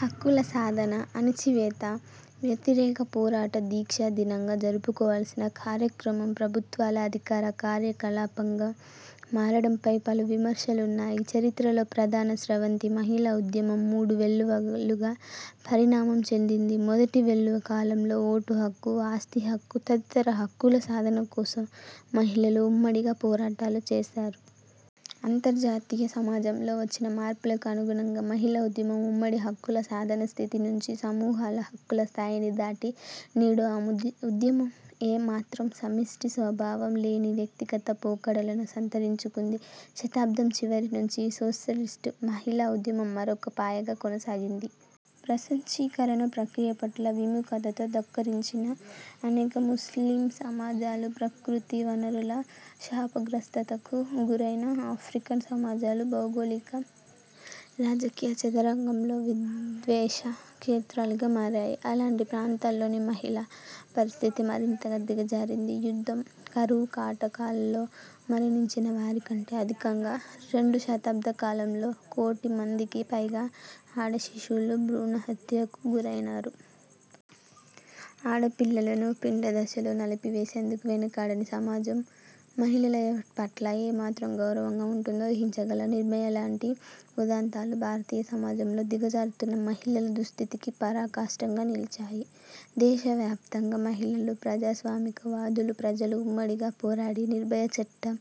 హక్కుల సాధన, అణచివేత వ్యతిరేక పోరాట దీక్షా దినంగా జరుపుకోవలసిన కార్యక్రమం ప్రభుత్వాల అధికార కార్యకలాపంగా మారడంపై పలు విమర్శలున్నాయి. చరిత్రలో ప్రధాన స్రవంతి మహిళా ఉద్యమం మూడు వెల్లువలుగా పరిణామం చెందింది. మొదటి వెల్లువ కాలంలో ఓటు హక్కు, ఆస్తి హక్కు తదితర హక్కుల సాధన కోసం మహిళలు ఉమ్మడిగా పోరాటాలు చేశారు. అంతర్జాతీయ సమాజంలో వచ్చిన మార్పులకు అనుగుణంగా మహిళా ఉద్యమం ఉమ్మడి హక్కుల సాధన స్థితి నుంచి సమూహాల హక్కుల స్థాయిని దాటి, నేడు ఆ ఉద్యమం ఏ మాత్రం సమిష్టి స్వభావం లేని వ్యక్తిగత పోకడలను సంతరించుకుంది. శతాబ్దం చివరి నుంచి సోషలిస్టు మహిళా ఉద్యమం మరొక పాయగా కొనసాగింది. ప్రపంచీకరణ ప్రక్రియ పట్ల విముఖతతో ధిక్కరించిన అనేక ముస్లిం సమాజాలు, ప్రకృతి వనరుల శాపగ్రస్తతకు గురైన ఆఫ్రికన్ సమాజాలు భౌగోళిక రాజకీయ చదరంగంలో విద్వేష క్షేత్రాలుగా మారాయి. అలాంటి ప్రాంతాల్లోని మహిళల పరిస్థితి మరింతగా దిగజారింది. యుద్ధం, కరువు కాటకాల్లో మరణించిన వారికంటే అధికంగా రెండు దశాబ్దాలకాలంలో కోటిమందికి పైగా ఆడశిశువులు భ్రూణ హత్యకు గురైనారు. ఆడపిల్లలను పిండదశలో నలిపివేసేందుకు వెనకాడని సమాజం మహిళల పట్ల ఏమాత్రం గౌరవంగా ఉంటుందో ఊహించగలం. నిర్భయ లాంటి ఉదంతాలు భారతీయ సమాజంలో దిగజారుతున్న మహిళల దుస్థితికి పరాకాష్ఠగా నిలిచాయి. దేశవ్యాప్తంగా మహిళలు, ప్రజాస్వామికవాదులు, ప్రజలు ఉమ్మడిగా పోరాడి నిర్భయ చట్టం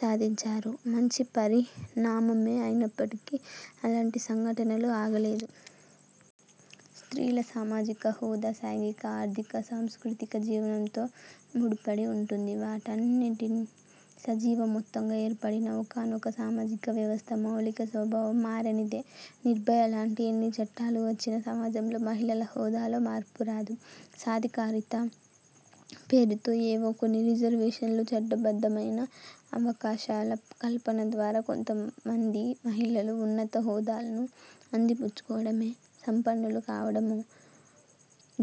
సాధించారు. మంచి పరిణామమే అయినప్పటికీ, అలాంటి సంఘటనలు ఆగలేదు. స్త్రీల సామాజిక హోదా సాంఘిక, ఆర్థిక, సాంస్కృతిక జీవనంతో ముడిపడి ఉంటుంది. వాటన్నింటి సజీవ మొత్తంగా ఏర్పడిన ఒకానొక సామాజిక వ్యవస్థ మౌలిక స్వభావం మారనిదే నిర్భయలాంటి ఎన్ని చట్టాలు వచ్చినా సమాజంలో మహిళల హోదాలో మార్పురాదు. సాధికారిత పేరుతో ఏవో కొన్ని రిజర్వేషన్లు, చట్టబద్ధమైన అవకాశాల కల్పన ద్వారా కొద్దిమంది మహిళలు ఉన్నత హోదాలను అందిపుచ్చుకోవడమో, సంపన్నులు కావడమో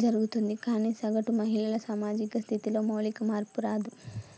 జరుగుతుంది కానీ, సగటు మహిళల సామాజిక స్థితిలో మౌలిక మార్పు రాదు.